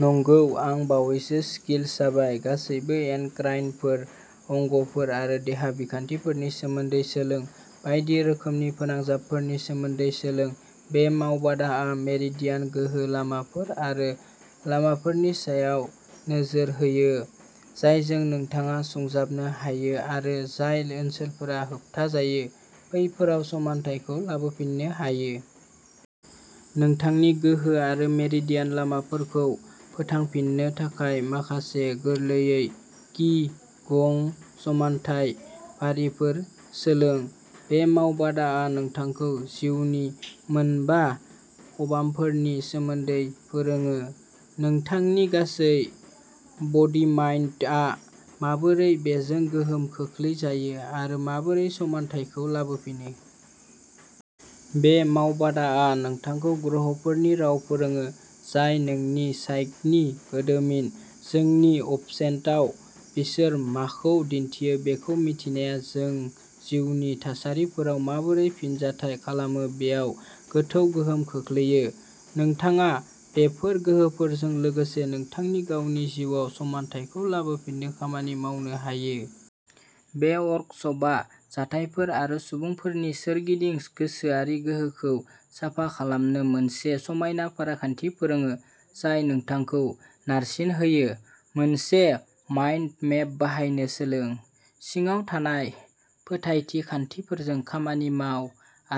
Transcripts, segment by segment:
नंगौ, आं बावैसो स्किल्स जाबाय। गासैबो एन्डक्राइनफोर, अंगफोर आरो देहा बिखान्थिफोरनि सोमोन्दै सोलों। बायदि रोखोमनि फोनांजाबफोरनि सोमोन्दै सोलों। बे मावबादाआ मेरिडियान गोहो लामाफोर आरो लामाफोरनि सायाव नोजोर होयो, जायजों नोंथाङा सुंजाबनो हायो आरो जाय ओनसोलफोरा होबथाजायो, बैफोराव समानथायखौ लाबोफिननो हायो। नोंथांनि गोहो आरो मेरिडियान लामाफोरखौ फोथांफिन्नो थाखाय माखासे गोरलैयैनो कि गं समानथाय फारिफोर सोलों। बे मावबादाआ नोंथांखौ जिउनि मोनबा खबामफोरनि सोमोन्दै फोरोङो, नोंथांनि गासै बडीमाइन्डआ माबोरै बेजों गोहोम खोख्लैजायो, आरो माबोरै समानथायखौ लाबोफिनो। बे मावबादाआ नोंथांखौ ग्रहफोरनि राव फोरोङो, जाय जोंनि साइकनि गोदोमिन। जोंनि अबचेतनआव बिसोर माखौ दिन्थियो बेखौ मिथिनाया जों जिउनि थासारिफोराव माबोरै फिनजाथाय खालामो बेयाव गोथौ गोहोम खोख्लैयो। नोंथाङा बेफोर गोहोफोरजों लोगोसे नोंथांनि गावनि जिउआव समानथायखौ लाबोफिननोबो खामानि मावनो हायो। बे वर्कसपआ जाथायफोर आरो सुबुंफोरनि सोरगिदिं गोसोआरि गोहोखौ साफा खालामनो मोनसे समायना फारिखान्थि फोरोङो, जाय नोंथांखौ नारसिनहोयो। मोनसे माइन्ड मेप बानायनो सोलों, सिङाव थानाय फोथायथि खान्थिफोरजों खामानि माव,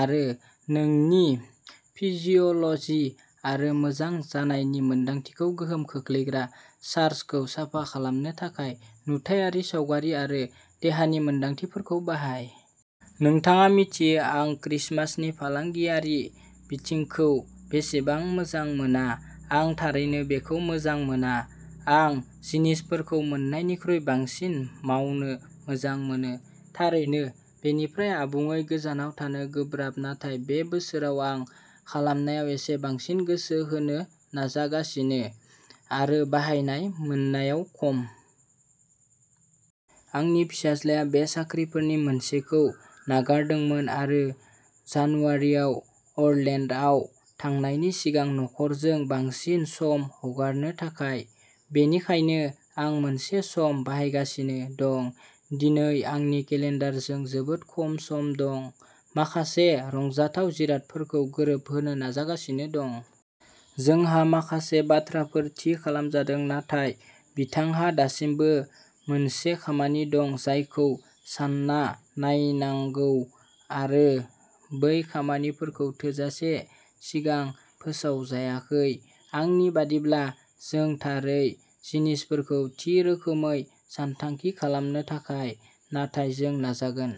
आरो नोंनि फिजिअल'जि आरो मोजां जानायनि मोनदांथिखौ गोहोम खोख्लैग्रा चार्जखौ साफा खालामनो थाखाय नुथायारि सावगारि आरो देहानि मोनदांथिफोरखौ बाहाय। नोंथाङा मिथियो आं क्रिसमासनि फालांगियारि बिथिंखौ बेसेबां मोजां मोना। आं थारैनो बेखौ मोजां मोना। आं जिनिसफोरखौ मोननायनिख्रुइ बांसिन मावनो मोजां मोनो। थारैनो, बेनिफ्राय आबुङै गोजानाव थानो गोब्राब नाथाय बे बोसोराव आं खालामनायाव एसे बांसिन गोसो होनो नाजागासिनो, आरो बायनाय/मोननायाव खम। आंनि फिसाज्लाया बे साख्रिफोरनि मोनसेखौ नागारदोंमोन आरो जानुवारियाव अरलेन्ड'आव थांनायनि सिगां नखरजों बांसिन सम हगारनो थाखाय, बेनिखायनो आं मोनसे सम बाहायगासिनो दं। दिनै आंनि केलेन्डारजों जोबोद खम सम दं, माखासे रंजाथाव जिरादफोरखौ गोरोबहोनो नाजागासिनो दं। जोंहा माखासे बाथ्राफोर थि खालामजादों नाथाय बिथांहा दासिमबो मोनसे खामानि दं जायखौ सान्ना नायनांगौ आरो बै समफारिखौ थोजासे सिगां फोसावजायाखै, आंनि बायदिब्ला, जों थारै जिनिसफोरखौ थि रोखोमै सानथांखि खालामनो थाखाय, नाथाय जों नाजागोन।